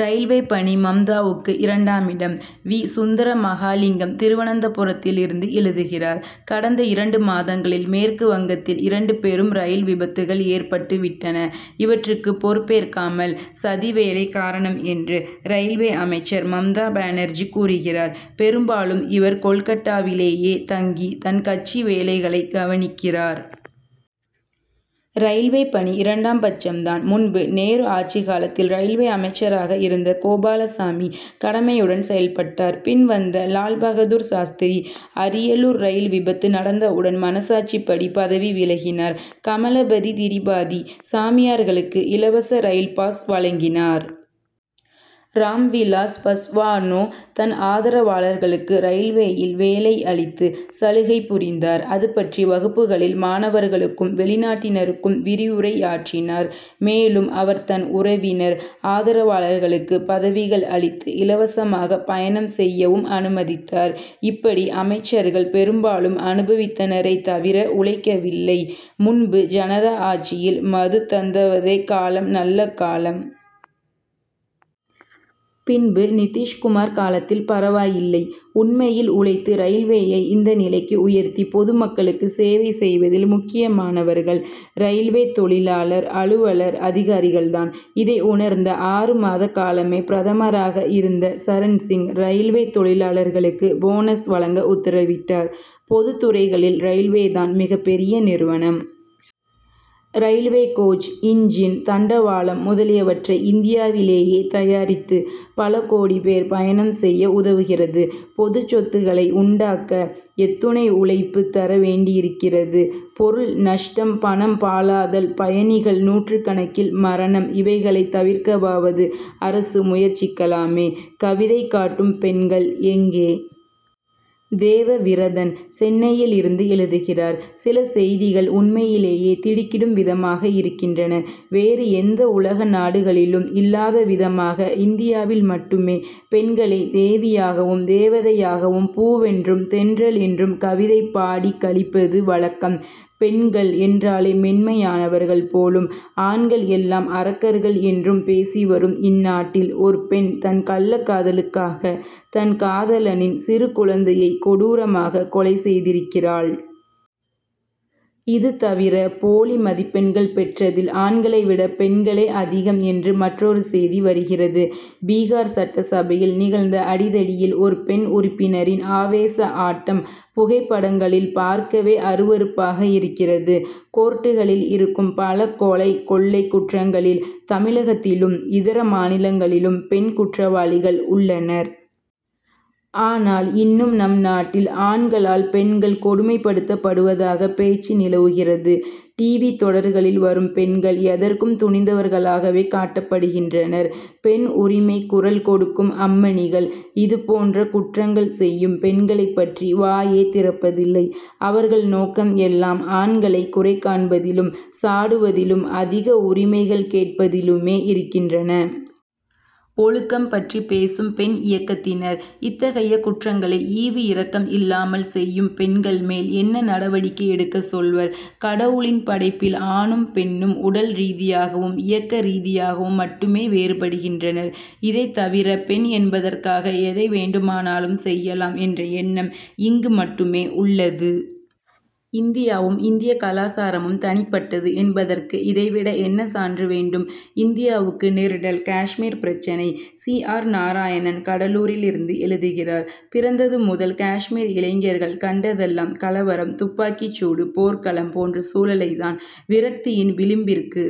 Railway பணி மம்தாவுக்குஇரண்டாமிடம்! V. Sundara Mahalingam, திருவனந்தபுரத்திலிருந்து எழுதுகிறார்: கடந்த இரண்டு மாதங்களில், மேற்கு வங்கத்தில் இரண்டு பெரும் ரயில் விபத்துகள் ஏற்பட்டு விட்டன. இவற்றுக்குப் பொறுப்பேற்காமல், "சதி வேலை காரணம்' என்று, ரயில்வே அமைச்சர் மம்தா பானர்ஜி கூறுகிறார். பெரும்பாலும் இவர் கோல்கட்டாவிலேயே தங்கி, தன் கட்சி வேலைகளைக் கவனிக்கிறார். ரயில்வே பணி இரண்டாம் பட்சம் தான். முன்பு, நேரு ஆட்சி காலத்தில் ரயில்வே அமைச்சராக இருந்த கோபாலசாமி, கடமையுடன் செயல்பட்டார். பின் வந்த லால்பகதூர் சாஸ்திரி, அரியலூர் ரயில் விபத்து நடந்தவுடன், மனசாட்சிப்படி பதவி விலகினார். கமலபதி திரிபாதி, சாமியார்களுக்கு இலவச ரயில் பாஸ் வழங்கினார். ராம்விலாஸ் பஸ்வானோ, தன் ஆதரவாளர்களுக்கு ரயில்வேயில் வேலை அளித்து சலுகை புரிந்தார். அதுபற்றி வகுப்புகளில், மாணவர்களுக்கும், வெளிநாட்டினருக்கும் விரிவுரையாற்றினார். மேலும், அவர் தன் உறவினர், ஆதரவாளர்களுக்குப் பதவிகள் அளித்து, இலவசமாகப் பயணம் செய்யவும் அனுமதித்தார். இப்படி அமைச்சர்கள் பெரும்பாலும் அனுபவித்தனரே தவிர உழைக்கவில்லை. முன்பு ஜனதா ஆட்சியில், மது தந்தவதே காலம் நல்ல காலம். பின்பு, நிதிஷ்குமார் காலத்தில் பரவாயில்லை. உண்மையில் உழைத்து, ரயில்வேயை இந்த நிலைக்கு உயர்த்தி, பொதுமக்களுக்கு சேவை செய்வதில் முக்கியமானவர்கள், ரயில்வே தொழிலாளர், அலுவலர், அதிகாரிகள் தான். இதை உணர்ந்த, ஆறு மாத காலமே பிரதமராக இருந்த சரண்சிங், ரயில்வே தொழிலாளர்களுக்கு போனஸ் வழங்க உத்தரவிட்டார். பொதுத் துறைகளில், ரயில்வே தான் மிகப்பெரிய நிறுவனம். ரயில்வே கோச், இன்ஜின், தண்டவாளம் முதலியவற்றை இந்தியாவிலேயே தயாரித்து, பல கோடிப் பேர் பயணம் செய்ய உதவுகிறது. பொதுச் சொத்துக்களை உண்டாக்க எத்துணை உழைப்பு தர வேண்டியிருக்கிறது! பொருள் நஷ்டம், பணம் பாழாதல், பயணிகள் நூற்றுக்கணக்கில் மரணம். இவைகளைத் தவிர்க்கவாவது அரசு முயற்சிக்கலாமே! கவிதை காட்டும் பெண்கள் எங்கே? தேவவிரதன், சென்னையிலிருந்து எழுதுகிறார்: சில செய்திகள் உண்மையிலேயே திடுக்கிடும் விதமாக இருக்கின்றன. வேறு எந்த உலக நாடுகளிலும் இல்லாத விதமாக, இந்தியாவில் மட்டுமே, பெண்களை தேவியாகவும், தேவதையாகவும், பூவென்றும், தென்றல் என்றும் கவிதை பாடிக் களிப்பது வழக்கம். பெண்கள் என்றாலே, மென்மையானவர்கள் போலும், ஆண்கள் எல்லாம் அரக்கர்கள் என்றும் பேசி வரும் இந்நாட்டில், ஒரு பெண் தன் கள்ளக் காதலுக்காக, தன் காதலனின் சிறு குழந்தையை கொடூரமாகக் கொலை செய்திருக்கிறாள். இது தவிர, போலி மதிப்பெண்கள் பெற்றதில், ஆண்களை விட, பெண்களே அதிகம் என்று மற்றொரு செய்தி வருகிறது. பீகார் சட்டசபையில் நிகழ்ந்த அடிதடியில், ஒரு பெண் உறுப்பினரின் ஆவேச ஆட்டம், புகைப்படங்களில் பார்க்கவே அருவருப்பாக இருக்கிறது. கோர்ட்டுகளில் இருக்கும் பல கொலை, கொள்ளை குற்றங்களில், தமிழகத்திலும், இதர மாநிலங்களிலும், பெண் குற்றவாளிகள் உள்ளனர். ஆனால், இன்னும் நம் நாட்டில், ஆண்களால், பெண்கள் கொடுமைப் படுத்தப்படுவதாக பேச்சு நிலவுகிறது. "டிவி' தொடர்களில் வரும் பெண்கள், எதற்கும் துணிந்தவர்களாகவே காட்டப்படுகின்றனர். பெண் உரிமைக்குக் குரல் கொடுக்கும் அம்மணிகள், இது போன்ற குற்றங்கள் செய்யும் பெண்களைப் பற்றி வாயே திறப்பதில்லை. அவர்கள் நோக்கம் எல்லாம், ஆண்களை குறை காண்பதிலும், சாடுவதிலும், அதிக உரிமைகள் கேட்பதிலுமே இருக்கின்றன. ஒழுக்கம் பற்றிப் பேசும் பெண் இயக்கத்தினர், இத்தகைய குற்றங்களை ஈவு இரக்கம் இல்லாமல் செய்யும் பெண்கள் மேல் என்ன நடவடிக்கை எடுக்க சொல்வர்? கடவுளின் படைப்பில் ஆணும், பெண்ணும், உடல் ரீதியாகவும், இயக்க ரீதியாகவும் மட்டுமே வேறுபடுகின்றனர். இதை தவிர, பெண் என்பதற்காக எதை வேண்டுமானாலும் செய்யலாம் என்ற எண்ணம் இங்கு மட்டுமே உள்ளது. இந்தியாவும், இந்திய கலாசாரமும் தனிப்பட்டது என்பதற்கு, இதை விட என்ன சான்று வேண்டும்? இந்தியாவுக்கு நெருடல் காஷ்மீர் பிரச்னை: சி. ஆர். நாராயணன், கடலூரிலிருந்து எழுதுகிறார்: பிறந்தது முதல் காஷ்மீர் இளைஞர்கள் கண்டதெல்லாம், கலவரம், துப்பாக்கிச் சூடு, போர்க்களம் போன்ற சூழலைத் தான். விரக்தியின் விளிம்பிற்கு